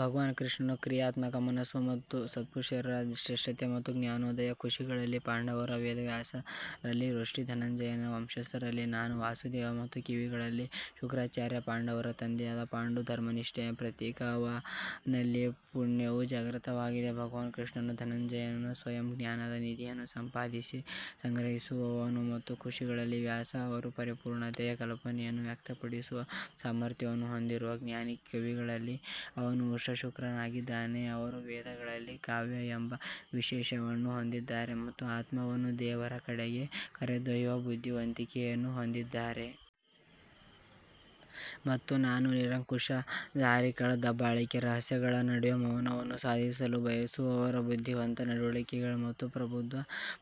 ಭಗವಾನ್ ಕೃಷ್ಣನು ಕ್ರಿಯಾತ್ಮಕ ಮನಸ್ಸು ಮತ್ತು ಸತ್ಪುರುಷರ ಶ್ರೇಷ್ಠತೆ ಮತ್ತು ಜ್ಞಾನೋದಯ ಋಷಿಗಳಲ್ಲಿ ಪಾಂಡವ ವೇದವ್ಯಾಸರಲ್ಲಿ ವೃಷ್ಣಿ ಧನಂಜಯನ ವಂಶಸ್ಥರಲ್ಲಿ ನಾನು ವಾಸುದೇವ ಮತ್ತು ಕವಿಗಳಲ್ಲಿ ಶುಕ್ರಾಚಾರ್ಯ ಪಾಂಡವರ ತಂದೆಯಾದ ಪಾಂಡು ಧರ್ಮನಿಷ್ಠೆಯ ಪ್ರತೀಕ ಅವನಲ್ಲಿ ಪುಣ್ಯವು ಜಾಗೃತವಾಗಿದೆ ಭಗವಾನ್ ಕೃಷ್ಣನು ಧನಂಜಯನು ಸ್ವಯಂ ಜ್ಞಾನದ ನಿಧಿಯನ್ನು ಸಂಪಾದಿಸಿ ಸಂಗ್ರಹಿಸುವವನು ಅವನು ಋಷಿಗಳಲ್ಲಿ ವ್ಯಾಸ ಅವರು ಪರಿಪೂರ್ಣತೆಯ ಕಲ್ಪನೆಯನ್ನು ವ್ಯಕ್ತಪಡಿಸುವ ಸಾಮರ್ಥ್ಯವನ್ನು ಹೊಂದಿರುವ ಜ್ಞಾನಿ ಕವಿಗಳಲ್ಲಿ ಅವನು ಉಷ್ಣ ಶುಕ್ರ್ ಆಗಿದ್ದಾನೆ, ಅವರು ವೇದದಲ್ಲಿ ಕಾವ್ಯ ಎಂಬ ವಿಶೇಷಣವನ್ನು ಹೊಂದಿದ್ದಾರೆ ಮತ್ತು ಆತ್ಮವನ್ನು ದೇವರ ಕಡೆಗೆ ಕರೆದೊಯ್ಯುವ ಬುದ್ಧಿವಂತಿಕೆಯನ್ನು ಹೊಂದಿದ್ದಾರೆ. ಮತ್ತು ನಾನು ನಿರಂಕುಶಾಧಿಕಾರಿಗಳ ದಬ್ಬಾಳಿಕೆ ರಹಸ್ಯಗಳ ನಡುವೆ ಮೌನವನ್ನು ಸಾಧಿಸಲು ಬಯಸುವವರ ಬುದ್ಧಿವಂತ ನಡವಳಿಕೆ ಮತ್ತು ಪ್ರಬುದ್ಧ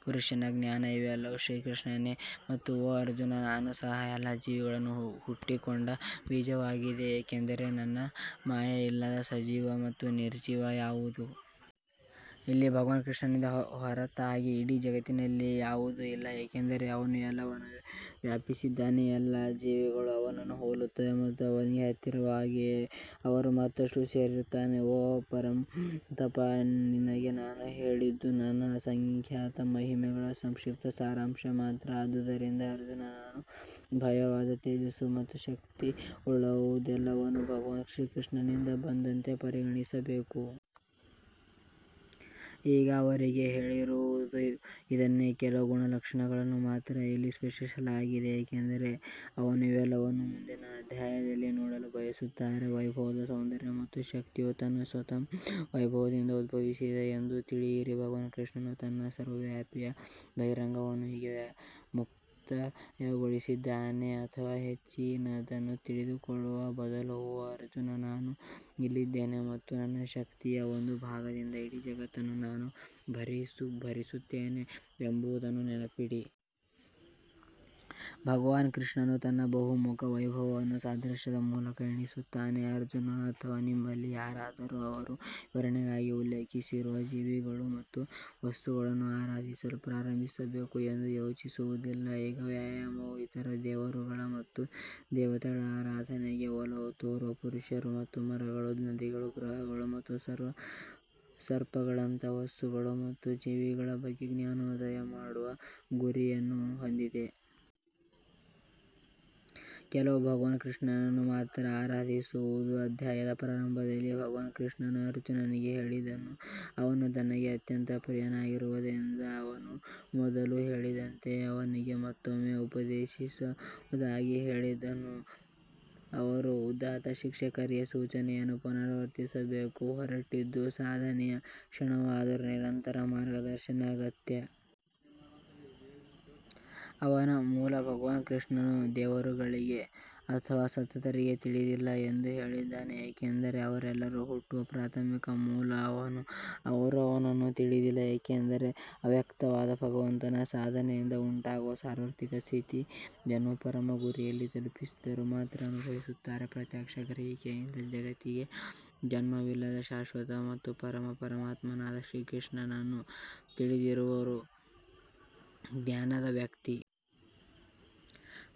ಪುರುಷರ ಜ್ಞಾನ ಇವೆಲ್ಲವೂ ಶ್ರೀಕೃಷ್ಣನೇ ಮತ್ತು ಓ ಅರ್ಜುನ್ ನಾನು ಸಹ ಎಲ್ಲಾ ಜೀವಿಗಳು ಹುಟ್ಟಿಕೊಂಡ ಬೀಜವಾಗಿದೆ ಏಕೆಂದರೆ ನನ್ನ ಮಾಯೆಯಿಲ್ಲದೆ ಸಜೀವ ಅಥವಾ ನಿರ್ಜೀವ ಯಾವುದೂ ಇಲ್ಲ ಭಗವಾನ್ ಕೃಷ್ಣನಿಂದ ಹೊರತಾಗಿ ಇಡೀ ಜಗತ್ತಿನಲ್ಲಿ ಯಾವುದೂ ಇಲ್ಲ ಏಕೆಂದರೆ ಅವನು ಎಲ್ಲವನ್ನೂ ವ್ಯಾಪಿಸಿದ್ದಾನೆ ಎಲ್ಲಾ ಜೀವಿಗಳು ಅವನನ್ನು ಹೋಲುತ್ತವೆ ಮತ್ತು ಅವನಿಗೆ ಹತ್ತಿರವಾಗಿವೆ ಅವರು ಮತ್ತಷ್ಟು ಸೇರಿಸುತ್ತಾರೆ ಓ ಪರಂತಪ್ ನಿನಗೆ ನಾನು ಹೇಳಿದ್ದು ನನ್ನ ಅಸಂಖ್ಯಾತ ಮಹಿಮೆಗಳ ಸಂಕ್ಷಿಪ್ತ ಸಾರಾಂಶ ಮಾತ್ರ ಆದುದರಿಂದ ಅರ್ಜುನನು ಭವ್ಯವಾದ ತೇಜಸ್ಸು ಮತ್ತು ಶಕ್ತಿಯುಳ್ಳದ್ದೆಲ್ಲವನ್ನು ಭಗವಾನ್ ಶ್ರೀಕೃಷ್ಣನಿಂದ ಬಂದಂತೆ ಪರಿಗಣಿಸಬೇಕು. ಈಗ ಅವರಿಗೆ ಹೇಳಿರುವುದು ಇದನ್ನೇ ಕೆಲವು ಗುಣಲಕ್ಷಣಗಳನ್ನು ಮಾತ್ರ ಇಲ್ಲಿ ಸ್ಪಷ್ಟಪಡಿಸಲಾಗಿದೆ ಏಕೆಂದರೆ ಅರ್ಜುನ್ ಇವೆಲ್ಲವನ್ನೂ ಮುಂದಿನ ಅಧ್ಯಾಯದಲ್ಲಿ ನೋಡಲು ಬಯಸುತ್ತಾರೆ ವೈಭವದ ಸೌಂದರ್ಯ ಮತ್ತು ಶಕ್ತಿಯು ನನ್ನ ಸ್ವಂತ ವೈಭವದಿಂದ ಉದ್ಭವಿಸಿದೆ ಎಂದು ತಿಳಿಯಿರಿ ಭಗವಾನ್ ಕೃಷ್ಣನು ತನ್ನ ಸರ್ವವ್ಯಾಪಿಯ ಬಹಿರಂಗವನ್ನು ಹೀಗೆ ಮುಕ್ತಾಯಗೊಳಿಸುತ್ತಾನೆ ಅಥವಾ ಹೆಚ್ಚಿನದನ್ನು ತಿಳಿದುಕೊಳ್ಳುವ ಬದಲು ಓ ಅರ್ಜುನ್ ನಾನು ಇಲ್ಲಿದ್ದೇನೆ ಮತ್ತು ನನ್ನ ಶಕ್ತಿಯ ಒಂದು ಭಾಗದಿಂದ ಇಡೀ ಜಗತ್ತನ್ನು ನಾನು ಭರಿಸುತ್ತೇನೆ ಎಂಬುದನ್ನು ನೆನಪಿಡಿ. ಭಗವಾನ್ ಕೃಷ್ಣನು ತನ್ನ ಬಹುಮುಖ ವೈಭವಗಳನ್ನು ಸಾದೃಶ್ಯದ ಮೂಲಕ ಎಣಿಸುತ್ತಾನೆ ಅರ್ಜುನ್ ಅಥವಾ ನಮ್ಮಲ್ಲಿ ಯಾರಾದರೂ ಅವರು ವಿವರಣೆಗಾಗಿ ಉಲ್ಲೇಖಿಸಿರುವ ಜೀವಿಗಳು ಮತ್ತು ವಸ್ತುಗಳನ್ನು ಆರಾಧಿಸಲು ಪ್ರಾರಂಭಿಸಬೇಕು ಎಂದು ಸೂಚಿಸುವುದಿಲ್ಲ ಈ ವ್ಯಾಯಾಮವು ಇತರ ದೇವರುಗಳು ಮತ್ತು ದೇವತೆಗಳ ಆರಾಧನೆಗೆ ಒಲವು ತೋರುವ ಪುರುಷರು ಮತ್ತು ಮರಗಳು ನದಿಗಳು ಗ್ರಹಗಳು ಮತ್ತು ಸರ್ಪಗಳಂತಹ ವಸ್ತುಗಳು ಮತ್ತು ಜೀವಿಗಳ ಬಗ್ಗೆ ಜ್ಞಾನೋದಯ ಮಾಡುವ ಗುರಿಯನ್ನು ಹೊಂದಿದೆ. ಕೇವಲ ಭಗವಾನ್ ಕೃಷ್ಣನನ್ನು ಮಾತ್ರ ಆರಾಧಿಸುವುದು ಅಧ್ಯಾಯದ ಪ್ರಾರಂಭದಲ್ಲಿ ಭಗವಾನ್ ಕೃಷ್ಣನು ಅರ್ಜುನನಿಗೆ ಹೇಳಿದನು, ಅವನು ತನಗೆ ಅತ್ಯಂತ ಪ್ರಿಯನಾಗಿರುವುದರಿಂದ ಅವನು ಮೊದಲು ಹೇಳಿದಂತೆಯೇ ಅವನಿಗೆ ಮತ್ತೊಮ್ಮೆ ಉಪದೇಶಿಸುವುದಾಗಿ ಹೇಳಿದನು. ಅವರು ಉದಾತ್ತ ಶಿಕ್ಷಕರಿಗೆ ಸೂಚನೆಯನ್ನು ಪುನರಾವರ್ತಿಸಲು ಹೊರಟಿದ್ದರು, ಸಾಧನೆಯ ಕ್ಷಣದವರೆಗೂ ನಿರಂತರ ಮಾರ್ಗದರ್ಶನ ಅಗತ್ಯ. ಅವನ ಮೂಲ ಭಗವಾನ್ ಕೃಷ್ಣನು ದೇವರುಗಳಿಗೆ ಅಥವಾ ಸಂತರಿಗೆ ತಿಳಿದಿಲ್ಲ ಎಂದು ಹೇಳಿದ್ದಾನೆ ಏಕೆಂದರೆ ಅವರೆಲ್ಲರೂ ಹುಟ್ಟುವ ಪ್ರಾಥಮಿಕ ಮೂಲ ಅವನು. ಅವರು ಅವನನ್ನು ತಿಳಿದಿಲ್ಲ ಏಕೆಂದರೆ ಅವ್ಯಕ್ತವಾದ ಭಗವಂತನ ಸಾಧನೆಯಿಂದ ಉಂಟಾಗುವ ಸಾರ್ವತ್ರಿಕ ಸ್ಥಿತಿಯನ್ನು ಪರಮ ಗುರಿಯನ್ನು ತಲುಪಿದವರು ಮಾತ್ರ ಅನುಭವಿಸುತ್ತಾರೆ. ಪ್ರತ್ಯಕ್ಷ ಗ್ರಹಿಕೆಯಿಂದ ಜಗತ್ತಿಗೆ ಜನ್ಮವಿಲ್ಲದ ಶಾಶ್ವತ ಮತ್ತು ಪರಮ ಪರಮಾತ್ಮನಾದ ಶ್ರೀಕೃಷ್ಣನನ್ನು ತಿಳಿದಿರುವ ಜ್ಞಾನದ ವ್ಯಕ್ತಿ.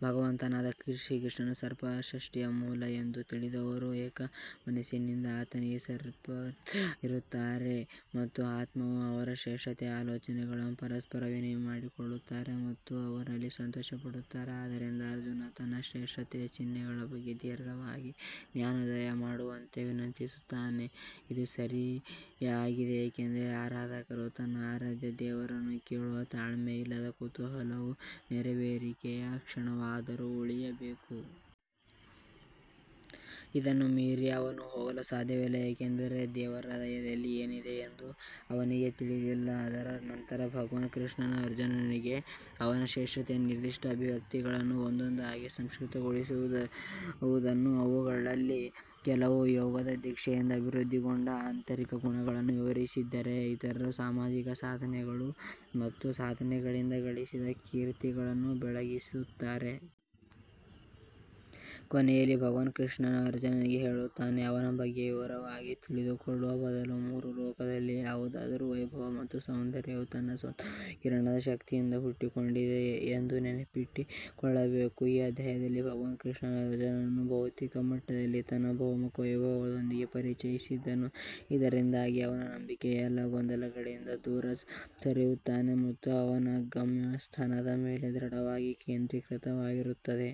ಭಗವಂತನಾದ ಶ್ರೀಕೃಷ್ಣನು ಸರ್ವಸೃಷ್ಟಿಯ ಮೂಲ ಎಂದು ತಿಳಿದವರು ಏಕಮನಸ್ಸಿನಿಂದ ಆತನಿಗೆ ಸಮರ್ಪಿತರಾಗುತ್ತಾರೆ ಮತ್ತು ಆತ್ಮವು ಅವರ ಶ್ರೇಷ್ಠತೆಯ ಆಲೋಚನೆಗಳನ್ನು ಪರಸ್ಪರ ವಿನಿಮಯ ಮಾಡಿಕೊಳ್ಳುತ್ತಾರೆ ಮತ್ತು ಅವನಲ್ಲಿ ಸಂತೋಷಪಡುತ್ತಾರೆ. ಆದ್ದರಿಂದ ಅರ್ಜುನ್ ತನ್ನ ಶ್ರೇಷ್ಠತೆಯ ಚಿಹ್ನೆಗಳ ಬಗ್ಗೆ ದೀರ್ಘವಾಗಿ ಜ್ಞಾನೋದಯ ಮಾಡುವಂತೆ ವಿನಂತಿಸುತ್ತಾನೆ ಇದು ಸರಿಯಾಗಿದೆ ಏಕೆಂದರೆ ಆರಾಧಕರು ತನ್ನ ಆರಾಧ್ಯ ದೇವರನ್ನು ಕೇಳುವ ತಾಳ್ಮೆಯಿಲ್ಲದ ಕುತೂಹಲವು ನೆರವೇರಿಕೆಯ ಕ್ಷಣದವರೆಗೂ ಉಳಿಯಬೇಕು. ಇದನ್ನು ಮೀರಿ ಅವನು ಹೋಗಲು ಸಾಧ್ಯವಿಲ್ಲ ಏಕೆಂದರೆ ದೇವರ ಹೃದಯದಲ್ಲಿ ಏನಿದೆ ಎಂದು ಅವನಿಗೆ ತಿಳಿದಿಲ್ಲ ಅದರ ನಂತರ ಭಗವಾನ್ ಕೃಷ್ಣನು ಅರ್ಜುನನಿಗೆ ಅವನ ಶ್ರೇಷ್ಠತೆಯ ನಿರ್ದಿಷ್ಟ ಅಭಿವ್ಯಕ್ತಿಗಳನ್ನು ಒಂದೊಂದಾಗಿ ಸಂಕ್ಷಿಪ್ತಗೊಳಿಸಿದನು ಅವುಗಳಲ್ಲಿ ಕೆಲವು ಯೋಗದ ದೀಕ್ಷೆಯಿಂದ ಅಭಿವೃದ್ಧಿಗೊಂಡ ಆಂತರಿಕ ಗುಣಗಳನ್ನು ವಿವರಿಸಿದರೆ ಇತರರು ಸಾಮಾಜಿಕ ಸಾಧನೆಗಳು ಮತ್ತು ಸಾಧನೆಗಳಿಂದ ಗಳಿಸಿದ ಕೀರ್ತಿಗಳನ್ನು ಬೆಳಗಿಸುತ್ತಾರೆ. ಕೊನೆಯಲ್ಲಿ, ಭಗವಾನ್ ಕೃಷ್ಣನು ಅರ್ಜುನನಿಗೆ ಹೇಳುತ್ತಾನೆ, ಅವನ ಬಗ್ಗೆ ವಿವರವಾಗಿ ತಿಳಿದುಕೊಳ್ಳುವ ಬದಲು, ಮೂರು ಲೋಕಗಳಲ್ಲಿ ಯಾವುದಾದರೂ ವೈಭವ ಮತ್ತು ಸೌಂದರ್ಯವು ತನ್ನ ಸ್ವಂತ ವಿಕಿರಣ ಶಕ್ತಿಯಿಂದ ಹುಟ್ಟಿಕೊಂಡಿದೆ ಎಂದು ನೆನಪಿಟ್ಟುಕೊಳ್ಳಬೇಕು. ಈ ಅಧ್ಯಾಯದಲ್ಲಿ ಭಗವಾನ್ ಕೃಷ್ಣನು ಅರ್ಜುನನನ್ನು ಬೌದ್ಧಿಕ ಮಟ್ಟದಲ್ಲಿ ತನ್ನ ಬಹುಮುಖ ವೈಭವಗಳೊಂದಿಗೆ ಪರಿಚಯಿಸಿದನು ಇದರಿಂದಾಗಿ ಅವನ ನಂಬಿಕೆಯು ಎಲ್ಲಾ ಗೊಂದಲಗಳಿಂದ ದೂರ ಸರಿಯುತ್ತದೆ ಮತ್ತು ಅವನ ಗಮ್ಯಸ್ಥಾನದ ಮೇಲೆ ದೃಢವಾಗಿ ಕೇಂದ್ರೀಕೃತವಾಗಿರುತ್ತದೆ.